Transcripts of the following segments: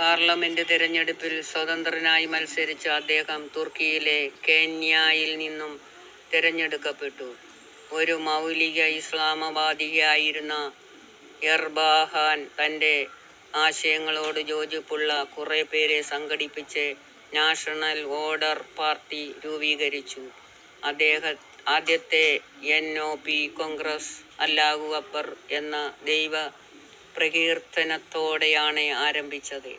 Parliament തിരഞ്ഞെടുപ്പിൽ സ്വതന്ത്രനായി മത്സരിച്ച അദ്ദേഹം, തുർക്കിയിലെ കോന്യയിൽ നിന്നും തിരഞ്ഞെടുക്കപ്പെട്ടു. ഒരു മൗലിക ഇസ്ലാമികവാദിയായിരുന്ന എർബകാൻ, തൻ്റെ ആശയങ്ങളോട് യോജിപ്പുള്ള കുറച്ചുപേരെ സംഘടിപ്പിച്ച് നാഷണൽ ഓർഡർ പാർട്ടി രൂപീകരിച്ചു. ആദ്യത്തെ എൻ. ഒ. പി. കോൺഗ്രസ്, അല്ലാഹു അക്ബർ എന്ന ദൈവ പ്രകീർത്തനത്തോടെയാണ് ആരംഭിച്ചത്.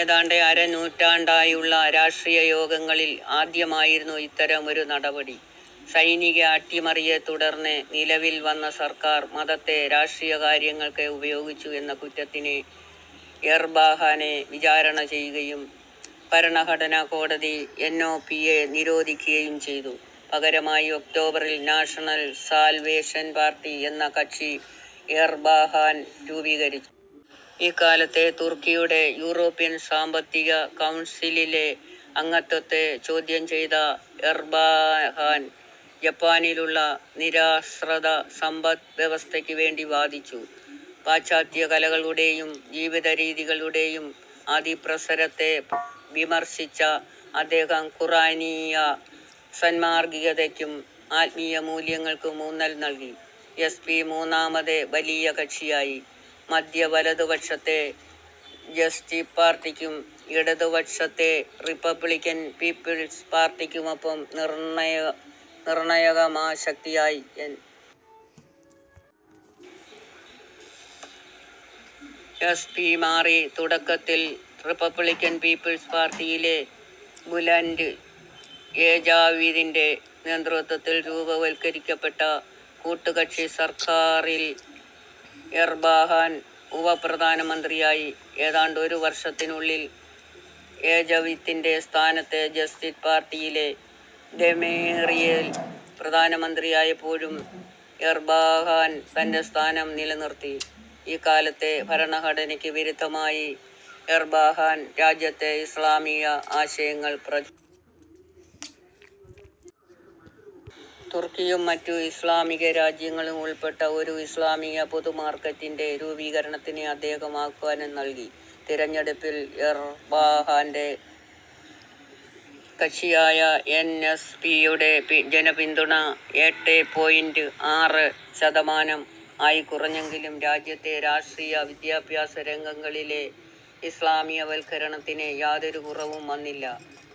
ഏതാണ്ട് അര നൂറ്റാണ്ടായുള്ള രാഷ്ട്രീയയോഗങ്ങളിൽ ആദ്യമായിരുന്നു ഇത്തരം ഒരു നടപടി. സൈനിക അട്ടിമറിയെത്തുടർന്ന് നിലവിൽ വന്ന സർക്കാർ, മതത്തെ രാഷ്ട്രീയകാര്യങ്ങൾക്ക് ഉപയോഗിച്ചു എന്ന കുറ്റത്തിന്, എർബകാനെ വിചാരണ ചെയ്യുകയും ഭരണഘടനാകോടതി എൻ. ഒ. പിയെ നിരോധിക്കുകയും ചെയ്തു. പകരമായി ഒക്ടോബറിൽ നാഷണൽ സാൽവേഷൻ പാർട്ടി എന്ന കക്ഷി എർബകാൻ രൂപീകരിച്ചു. ഇക്കാലത്ത് തുർക്കിയുടെ യൂറോപ്യൻ സാമ്പത്തിക കൗൺസിലിലെ അംഗത്വത്തെ ചോദ്യം ചെയ്ത എർബകാൻ, ജപ്പാനെപ്പോലുള്ള നിരാശ്രിത സമ്പദ് വ്യവസ്ഥക്ക് വേണ്ടി വാദിച്ചു. പാശ്ചാത്യകലകളുടേയും ജീവിതരീതികളുടേയും അതിപ്രസരത്തെ വിമർശിച്ച അദ്ദേഹം ഖുർആനിക സാന്മാർഗികതക്കും ആത്മീയമൂല്യങ്ങൾക്കും ഊന്നൽ നൽകി. എസ്. പി. മൂന്നാമത് വലിയ കക്ഷിയായി. മദ്ധ്യവലതുപക്ഷത്തെ ജസ്റ്റിസ് പാർട്ടിക്കും മദ്ധ്യഇടതുപക്ഷത്തെ റിപ്പബ്ലിക്കൻ പീപ്പിൾസ് പാർട്ടിക്കുമൊപ്പം നിർണായകശക്തിയായി എൻ. എസ്. പി. മാറി. തുടക്കത്തിൽ റിപ്പബ്ലിക്കൻ പീപ്പിൾസ് പാർട്ടിയിലെ ബുലൻ്റ് എജവിതിൻ്റെ നേതൃത്വത്തിൽ രൂപവത്കരിക്കപ്പെട്ട കൂട്ടുകക്ഷിസർക്കാറീൽ എർബകാൻ ഉപപ്രധാനമന്ത്രിയായി. ഏതാണ്ടൊരുവർഷത്തിനുള്ളിൽ എജവിത്തിന്റെ സ്ഥാനത്ത് ജസ്റ്റിസ് പാർട്ടിയിലെ ദെമിറേൽ പ്രധാനമന്ത്രിയായപ്പോഴും എർബകാൻ തൻ്റെ സ്ഥാനം നിലനിർത്തി. ഇക്കാലത്ത്, ഭരണഘടനക്ക് വിരുദ്ധമായി എർബകാൻ രാജ്യത്ത് ഇസ്ലാമിക അശയങ്ങൾ പ്രച. തുർക്കിയും മറ്റു ഇസ്ലാമികരാജ്യങ്ങളും ഉൾപ്പെട്ട ഒരു ഇസ്ലാമിക പൊതുമാർക്കറ്റിൻ്റെ രൂപീകരണത്തിന് അദ്ദേഹം ആഹ്വാനം നൽകി. തിരഞ്ഞെടുപ്പിൽ എർബകാൻ്റെ കക്ഷിയായ എൻ. എസ്. പിയുടെ ജനപിന്തുണ എട്ടേ പോയിൻ്റ് ആറ് ശതമാനം ആയിക്കുറഞ്ഞെങ്കിലും രാജ്യത്തെ രാഷ്ട്രീയ വിദ്യാഭ്യാസരംഗങ്ങളിലെ ഇസ്ലാമികവൽക്കരണത്തിന് യാതൊരു കുറവും വന്നില്ല.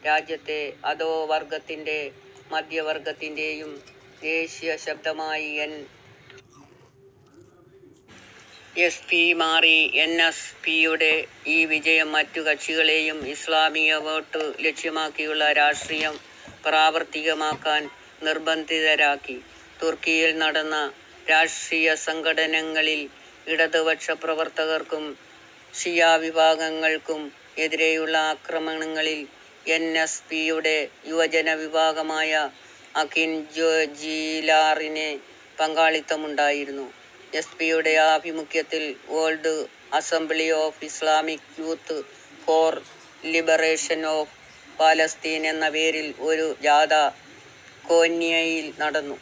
രാജ്യത്തെ അധോവർഗ്ഗത്തിൻ്റേയും മദ്ധ്യവർഗ്ഗത്തിൻ്റേയും ദേശീയശബ്ദമായി എൻ. എസ്. പി. മാറി. എൻ. എസ്. പിയുടെ ഈ വിജയം മറ്റു കക്ഷികളേയും ഇസ്ലാമികവോട്ട് ലക്ഷ്യമാക്കിയുള്ള രാഷ്ട്രീയം പ്രാവർത്തികമാക്കാൻ നിർബന്ധിതരാക്കി. തുർക്കിയിൽ നടന്ന രാഷ്ട്രീയസംഘട്ടനങ്ങളിൽ, ഇടതുപക്ഷപ്രവർത്തകർക്കും ഷിയാവിഭാഗങ്ങൾക്കും എതിരെയുള്ള അക്രമങ്ങളിൽ എൻ. എസ്. പിയുടെ യുവജനവിഭാഗമായ അകിൻജിലാറിന് പങ്കാളിത്തമുണ്ടായിരുന്നു. എസ്. പിയുടെ ആഭിമുഖ്യത്തിൽ World Assembly of Islamic Youth for Liberation of Palestine എന്ന പേരിൽ ഒരു ജാഥ കോന്യയിൽ നടന്നു.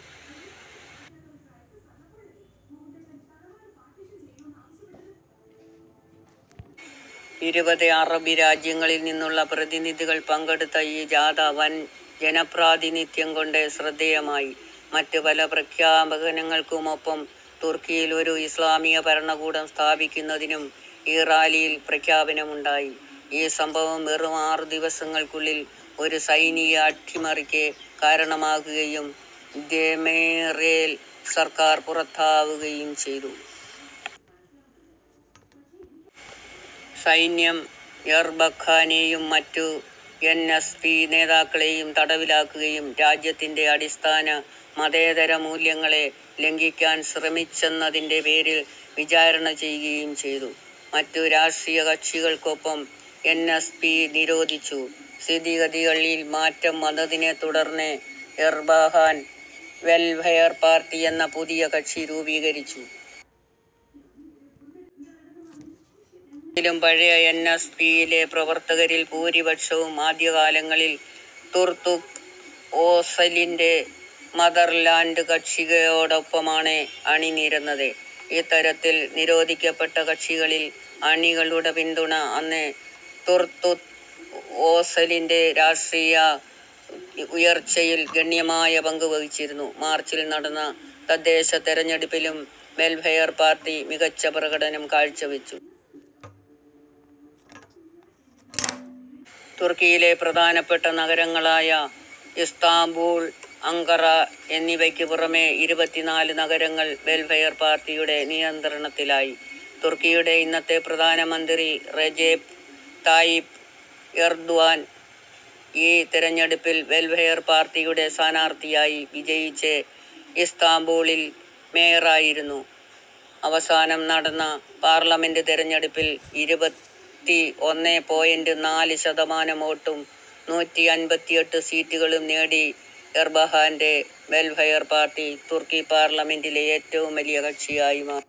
ഇരുപത് അറബ് രാജ്യങ്ങളിൽ നിന്നുള്ള പ്രതിനിധികൾ പങ്കെടുത്ത ഈ ജാഥ, വൻ ജനപ്രാതിനിധ്യം കൊണ്ട് ശ്രദ്ധേയമായി. മറ്റു പല പ്രഖ്യാപനങ്ങൾക്കുമൊപ്പം, തുർക്കിയിൽ ഒരു ഇസ്ലാമികഭരണകൂടം സ്ഥാപിക്കുന്നതിനും ഈ റാലിയിൽ പ്രഖ്യാപനമുണ്ടായി. ഈ സംഭവം വെറും ആറു ദിവസങ്ങൾക്കുള്ളിൽ ഒരു സൈനിക അട്ടിമറിക്ക് കാരണമാകുകയും ദെമിറേൽ സർക്കാർ പുറത്താവുകയും ചെയ്തു. സൈന്യം എർബക്കാനേയും മറ്റു എൻ. എസ്. പി. നേതാക്കളേയും തടവിലാക്കുകയും രാജ്യത്തിൻ്റെ അടിസ്ഥാന മതേതരമൂല്യങ്ങളെ ലംഘിക്കാൻ ശ്രമിച്ചെന്നതിൻ്റെ പേരിൽ വിചാരണ ചെയ്യുകയും ചെയ്തു. മറ്റു രാഷ്ട്രീയകക്ഷികൾക്കൊപ്പം എൻ. എസ്. പിയെ നിരോധിച്ചു. സ്ഥിതിഗതികളിൽ മാറ്റം വന്നതിനെത്തുടർന്ന് എർബകാൻ വെൽഫെയർ പാർട്ടി എന്ന പുതിയ കക്ഷി രൂപീകരിച്ചു. എങ്കിലും പഴയ എൻ. എസ്. പിയിലെ പ്രവർത്തകരിൽ ഭൂരിപക്ഷവും, ആദ്യകാലങ്ങളിൽ തുർഗുത് ഓസലിൻ്റെ മദർലാൻഡ് കക്ഷിയോടൊപ്പമാണ് അണിനിരന്നത്. ഇത്തരത്തിൽ നിരോധിക്കപ്പെട്ട കക്ഷികളിലെ അണികളുടെ പിന്തുണ, അന്ന് തുർഗുത് ഓസലിൻ്റെ രാഷ്ട്രീയ ഉയർച്ചയിൽ ഗണ്യമായ പങ്കുവഹിച്ചിരുന്നു. മാർച്ചിൽ നടന്ന തദ്ദേശതിരഞ്ഞെടുപ്പിലും വെൽഫെയർ പാർട്ടി മികച്ചപ്രകടനം കാഴ്ച വച്ചു. തുർക്കിയിലെ പ്രധാനപ്പെട്ട നഗരങ്ങളായ ഇസ്താംബൂൾ, അങ്കാറ എന്നിവക്കു പുറമേ ഇരുപത്തിനാല് നഗരങ്ങൾ വെൽഫെയർ പാർട്ടിയുടെ നിയന്ത്രണത്തിലായി. തുർക്കിയുടെ ഇന്നത്തെ പ്രധാനമന്ത്രി, റെജെപ് തയിപ് എർദ്വാൻ, ഈ തിരഞ്ഞെടുപ്പിൽ വെൽഫെയർ പാർട്ടിയുടെ സ്ഥാനാർത്ഥിയായി വിജയിച്ച് ഇസ്താംബൂളിൽ മേയറായിരുന്നു. അവസാനം നടന്ന പാർലമെൻ്റ് തിരഞ്ഞെടുപ്പിൽ ഇരുപത്തി ഒന്നേ പോയിൻ്റ് നാല് ശതമാനം വോട്ടും, നൂറ്റി അൻപത്തി എട്ട് സീറ്റുകളും നേടി, എർബകാൻ്റെ വെൽഫെയർ പാർട്ടി, തുർക്കി പാർലമെൻ്റിലെ ഏറ്റവും വലിയ കക്ഷിയായി മാറി.